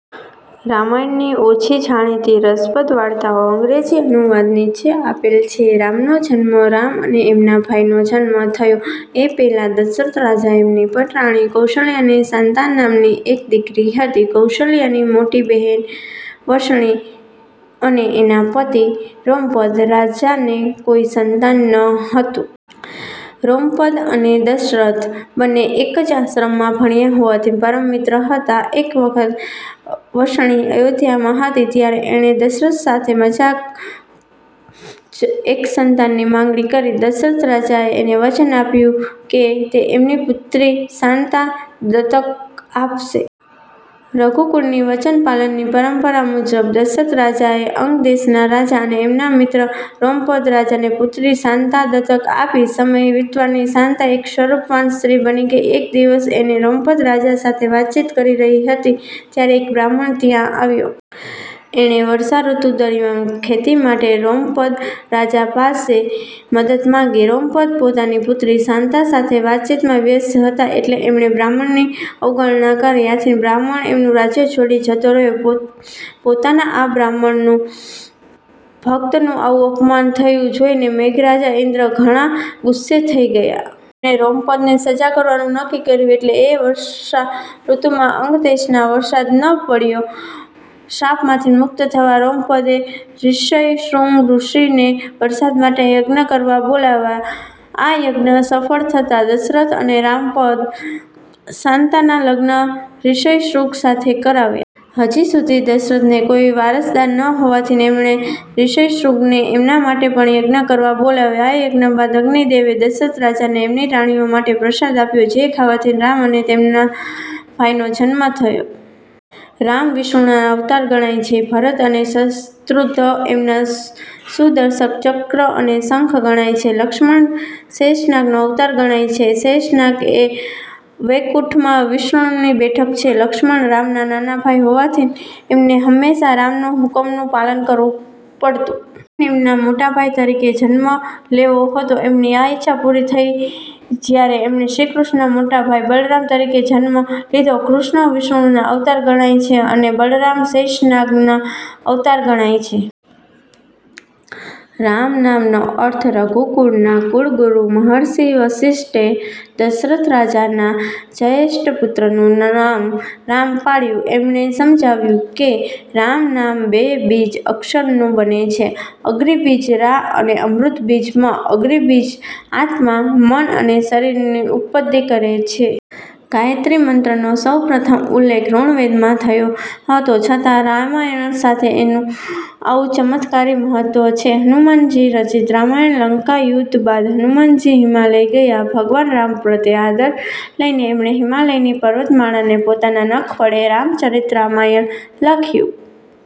રામાયણની ઓછી જાણીતી રસપ્રદ વાર્તાઓ અંગ્રેજી અનુવાદ નીચે આપેલ છે રામનો જન્મ રામ અને એમના ભાઈઓનો જન્મ થયો એ પહેલાં દશરથ રાજા અને એમની પટરાણી કૌશલ્યાને શાંતા નામની એક દીકરી હતી. કૌશલ્યાની મોટી બહેન વર્ષિણી અને એના પતિ રોમપદ રાજાને કોઈ સંતાન નહોતું. રોમપદ અને દશરથ બંને એક જ આશ્રમમાં ભણ્યા હોવાથી પરમ મિત્રો હતા. એક વખત વર્ષિણી અયોધ્યામાં હતી ત્યારે એણે દશરથ સાથે મજાકમાં જ એક સંતાનની માંગણી કરી. દશરથ રાજાએ એને વચન આપ્યું કે તે એમની પુત્રી શાંતા દત્તક આપશે. રઘુકુળની વચન પાલનની પરંપરા મુજબ દશરથ રાજાએ અંગદેશના રાજા અને એમના મિત્ર રોમપદ રાજાને પુત્રી શાંતા દત્તક આપી. સમય વીતતાં શાંતા એક સ્વરૂપવાન સ્ત્રી બની ગઈ. એક દિવસ એ રોમપદ રાજા સાથે વાતચીત કરી રહી હતી ત્યારે એક બ્રાહ્મણ ત્યાં આવ્યો. એણે વર્ષા ઋતુ દરમ્યાન ખેતી માટે રોમપદ રાજા પાસે મદદ માંગી. રોમપદ પોતાની પુત્રી શાંતા સાથે વાતચીતમાં વ્યસ્ત હતા એટલે એમણે બ્રાહ્મણની અવગણના કરી. આથી બ્રાહ્મણ એમનું રાજય છોડી જતો રહ્યો. પોતાના આ બ્રાહ્મણ ભકતનું આવું અપમાન થયેલું જોઇને મેઘરાજ ઇન્દ્ર ઘણા ગુસ્સે થઇ ગયા. એમણે રોમપદને સજા કરવાનું નક્કી કર્યું એટલે એ વર્ષા ઋતુમાં અંગદેશમાં વરસાદ ન પડ્યો. આ શ્રાપમાંથી મુકત થવા રોમપદે રિશ્યશ્રુંગ ઋષિને વરસાદ માટે યજ્ઞ કરવા બોલાવ્યા. આ યજ્ઞ સફળ થતાં, દશરથ અને રોમપદે શાંતાના લગ્ન રિશ્યશ્રુંગ સાથે કરાવ્યાં. હજી સુધી દશરથને કોઈ વારસદાર ન હોવાથી એમણે રિશ્યશ્રુંગને એમના માટે પણ યજ્ઞ કરવા બોલાવ્યા. આ યજ્ઞ બાદ અગ્નિ દેવે દશરથ રાજાને એમની રાણીઓ માટે પ્રસાદ આપ્યો જે ખાવાથી રામ અને એમના ભાઈઓના જન્મ થયા. રામ વિષ્ણુના અવતાર ગણાય છે. ભરત અને શત્રુઘ્ન એમના સુદર્શન ચક્ર અને શંખ ગણાય છે. લક્ષ્મણ શેષનાગનો અવતાર ગણાય છે. શેષનાગ એ વૈકુંઠમાં વિષ્ણુની બેઠક છે. લક્ષ્મણ રામના નાના ભાઈ હોવાથી એમને હંમેશાં રામના હુકમોનું પાલન કરવું પડતું. આથી એમને મોટા ભાઈ તરીકે જન્મ લેવો હતો. એમની આ ઈચ્છા પૂરી થઇ જયારે એમણે શ્રીકૃષ્ણના મોટા ભાઈ બલરામ તરીકે જન્મ લીધો. કૃષ્ણ વિષ્ણુના અવતાર ગણાય છે અને બલરામ શેષનાગના અવતાર ગણાય છે. રામ નામનો અર્થ રઘુકુળના કુળગુરૂ મહર્ષિ વશિષ્ઠે દશરથ રાજાના જયેષ્ઠ પુત્રનું નામ રામ પાડ્યું. એમણે સમજાવ્યું કે 'રામ' નામ બે બીજ અક્ષરનું બને છે અગ્નિ બીજ 'રા' અને અમૃત બીજ 'મ'. અગ્નિ બીજ આત્મા, મન અને શરીરને ઉદ્દીપ્ત કરે છે. ગાયત્રી મંત્રનો સૌપ્રથમ ઉલ્લેખ ઋગ્વેદમાં થયો હતો છતાં રામાયણ સાથેનું એનું આવું ચમત્કારી મહત્વ છે. હનુમાનજી રચિત રામાયણ લંકાના યુદ્ધ બાદ હનુમાનજી હિમાલય ગયા. ભગવાન રામ પ્રત્યેના આદરને લઈને એમણે હિમાલયની પર્વતમાળામાં પોતાના નખ વડે રામ ચરિત રામાયણ લખ્યું.